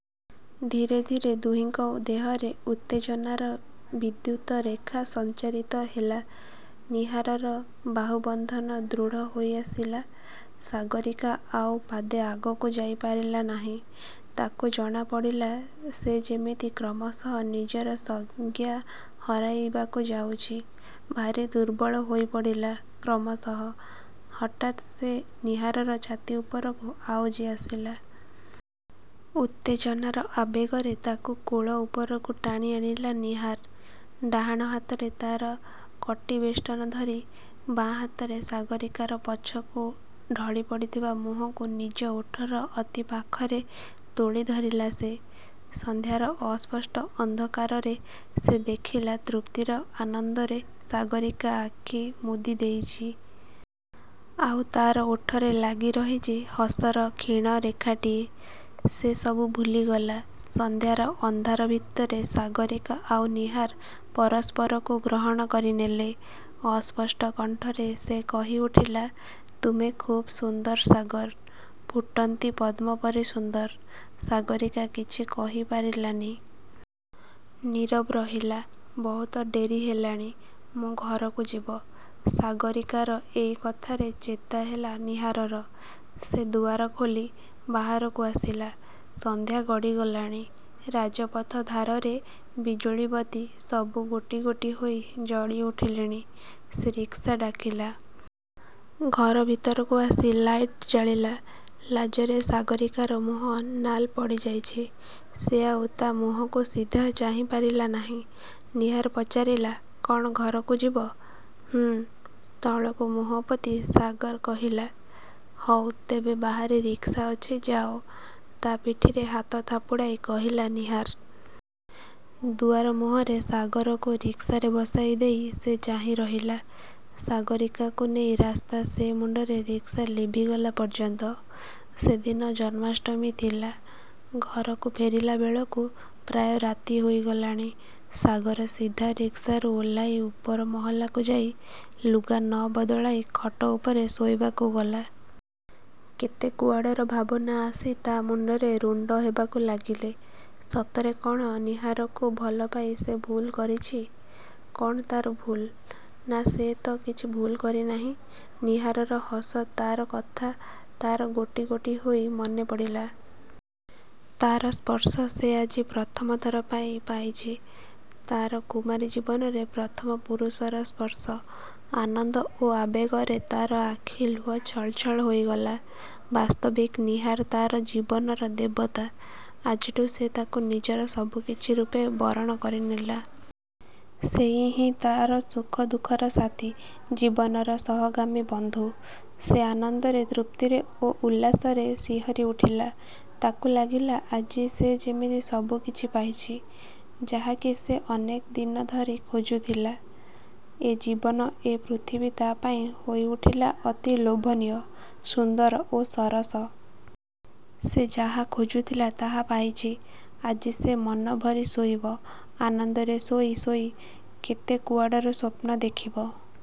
ଧୀରେ ଧୀରେ ଦୁହିଁଙ୍କ ଦେହରେ ଉତ୍ତେଜନାର ବିଦ୍ୟୁତରେଖା ସଞ୍ଚାରିତ ହେଲା। ନୀହାରର ବାହୁବନ୍ଧନ ଦୃଢ଼ ହୋଇଆସିଲା। ସାଗରୀକା ଆଉ ପାଦେ ଆଗକୁ ଯାଇପାରିଲା ନାହିଁ। ତାକୁ ଜଣାପଡ଼ିଲା ସେ ଯେମିତି କ୍ରମଶଃ ନିଜର ସଂଜ୍ଞା ହରାଇବାକୁ ଯାଉଛି। ଭାରୀ ଦୁର୍ବଳ ହୋଇପଡ଼ିଲା କ୍ରମଶଃ। ହଠାତ୍ ସେ ନୀହାରର ଛାତି ଉପରକୁ ଆଉଜି ଆସିଲା। ଉତ୍ତେଜନାର ଆବେଗରେ ତାକୁ କୋଳ ଉପରକୁ ଟାଣି ଆଣିଲା ନୀହାର। ଡାହାଣ ହାତରେ ତା'ର କଟିବେଷ୍ଟନ କରି; ବାଁ ହାତରେ ସାଗରୀକାର ପଛକୁ ଢଳି ପଡ଼ିଥିବା ମୁହଁକୁ ନିଜ ଓଠର ଅତି ପାଖରେ ତୋଳି ଧରିଲା ସେ। ସନ୍ଧ୍ୟାର ଅସ୍ପଷ୍ଟ ଅନ୍ଧକାରରେ ସେ ଦେଖିଲା ତୃପ୍ତିର ଆନନ୍ଦରେ ସାଗରୀକା ଆଖି ମୁଦିଦେଇଛି। ଆଉ ତା'ର ଓଠରେ ଲାଗି ରହିଛି ହସର କ୍ଷୀଣ ରେଖାଟିଏ। ସେ ସବୁ ଭୁଲିଗଲା। ସନ୍ଧ୍ୟାର ଅନ୍ଧାର ଭିତରେ ସାଗରୀକା ଆଉ ନୀହାର ପରସ୍ପରକୁ ଗ୍ରହଣ କରିନେଲେ। ଅସ୍ପଷ୍ଟ କଣ୍ଠରେ ସେ କହି ଉଠିଲା-''ତୁମେ ଖୁବ୍ ସୁନ୍ଦର ସାଗର-ଫୁଟନ୍ତି ପଦ୍ମ ପରି ସୁନ୍ଦର। '' ସାଗରୀକା କିଛି କହିପାରିଲାନି। ନୀରବ ରହିଲା। ''ବହୁତ ଡେରି ହେଲାଣି; ମୁଁ ଘରକୁ ଯିବ''-ସାଗରୀକାର ଏଇ କଥାରେ ଚେତା ହେଲା ନୀହାରର। ସେ ଦୁଆର ଖୋଲି ବାହାରକୁ ଆସିଲା। ସନ୍ଧ୍ୟା ଗଡ଼ି ଗଲାଣି। ରାଜପଥ ଧାରରେ ବିଜୁଳି-ବତୀ ସବୁ ଗୋଟି ଗୋଟି ହୋଇ ଜଳି ଉଠିଲେଣି। ସେ ରିକ୍ସା ଡାକିଲା। ଘର ଭିତରକୁ ଆସି ଲାଇଟ୍ ଜାଳିଲା। ଲାଜରେ ସାଗରୀକାର ମୁହଁ ନାଲ ପଡ଼ିଯାଇଛି। ସେ ଆଉ ତା' ମୁହଁକୁ ସିଧା ଚାହିଁପାରିଲା ନାହିଁ। ନୀହାର ପଚାରିଲା-''କ'ଣ ଘରକୁ ଯିବ। '' ''ହୁଁ''-ତଳକୁ ମୁହଁ ପୋତି ସାଗର କହିଲା। ''ହଉ ତେବେ-ବାହାରେ ରିକ୍ସା ଅଛି-ଯାଅ। '' ତା' ପିଠିରେ ହାତ ଥାପୁଡ଼ାଇ କହିଲା ନୀହାର। ଦୁଆର ମୁହଁରେ ସାଗରକୁ ରିକ୍ସାରେ ବସାଇ ଦେଇ ସେ ଚାହିଁ ରହିଲା। ସାଗରୀକାକୁ ନେଇ ରାସ୍ତା ସେ ମୁଣ୍ଡରେ ରିକ୍ସା ଲିଭିଗଲା ପର୍ଯ୍ୟନ୍ତ। ସେଦିନ ଜନ୍ମାଷ୍ଟମୀ ଥିଲା। ଘରକୁ ଫେରିଲା ବେଳକୁ ପ୍ରାୟ ରାତି ହୋଇଗଲାଣି। ସାଗର ସିଧା ରିକ୍ସାରୁ ଓହ୍ଳାଇ ଉପର ମହଲାକୁ ଯାଇ, ଲୁଗା ନ ବଦଳାଇ ଖଟ ଉପରେ ଶୋଇବାକୁ ଗଲା। କେତେ କୁଆଡ଼ର ଭାବନା ଆସି ତା' ମୁଣ୍ଡରେ ରୁଣ୍ଡ ହେବାକୁ ଲାଗିଲେ। ସତରେ କ'ଣ ନୀହାରକୁ ଭଲପାଇ ସେ ଭୁଲ୍ କରିଛି। କ'ଣ ତା'ର ଭୁଲ୍? ନା ସେ ତ କିଛି ଭୁଲ୍ କରିନାହିଁ। ନୀହାରର ହସ ତା'ର କଥା; ତା'ର ଗୋଟି ଗୋଟି ହୋଇ ମନେପଡ଼ିଲା। ତା'ର ସ୍ପର୍ଶ ସେ ଆଜି ପ୍ରଥମ ଥର ପାଇଁ ପାଇଛି। ତା'ର କୁମାରୀ ଜୀବନରେ ପ୍ରଥମ ପୁରୁଷର ସ୍ପର୍ଶ। ଆନନ୍ଦ ଓ ଆବେଗରେ ତା'ର ଆଖି ଲୁହ ଛଳ ଛଳ ହୋଇଗଲା। ବାସ୍ତବିକ୍ ନୀହାର ତା'ର ଜୀବନର ଦେବତା। ଆଜିଠୁଁ ସେ ତାକୁ ନିଜର ସବୁ କିଛି ରୂପେ ବରଣ କରିନେଲା। ସେଇ ହିଁ ତା'ର ସୁଖ ଦୁଃଖର ସାଥୀ। ଜୀବନର ସହଗାମୀ-ବନ୍ଧୁ। ସେ ଆନନ୍ଦରେ, ତୃପ୍ତିରେ ଓ ଉଲ୍ଲାସରେ ଶିହରି ଉଠିଲା। ତାକୁ ଲାଗିଲା ଆଜି ସେ ଯେମିତି ସବୁ କିଛି ପାଇଛି। ଯାହା କି ସେ ଅନେକ ଦିନ ଧରି ଖୋଜୁଥିଲା। ଏ ଜୀବନ, ଏ ପୃଥିବୀ ତା'ପାଇଁ ହୋଇ ଉଠିଲା ଅତି ଲୋଭନୀୟ, ସୁନ୍ଦର ଓ ସରସ-। ସେ ଯାହା ଖୋଜୁଥିଲା ତାହା ପାଇଛି। ଆଜି ସେ ମନଭରି ଶୋଇବ। ଆନନ୍ଦରେ ଶୋଇ ଶୋଇ କେତେ କୁଆଡ଼ର ସ୍ୱପ୍ନ ଦେଖିବ।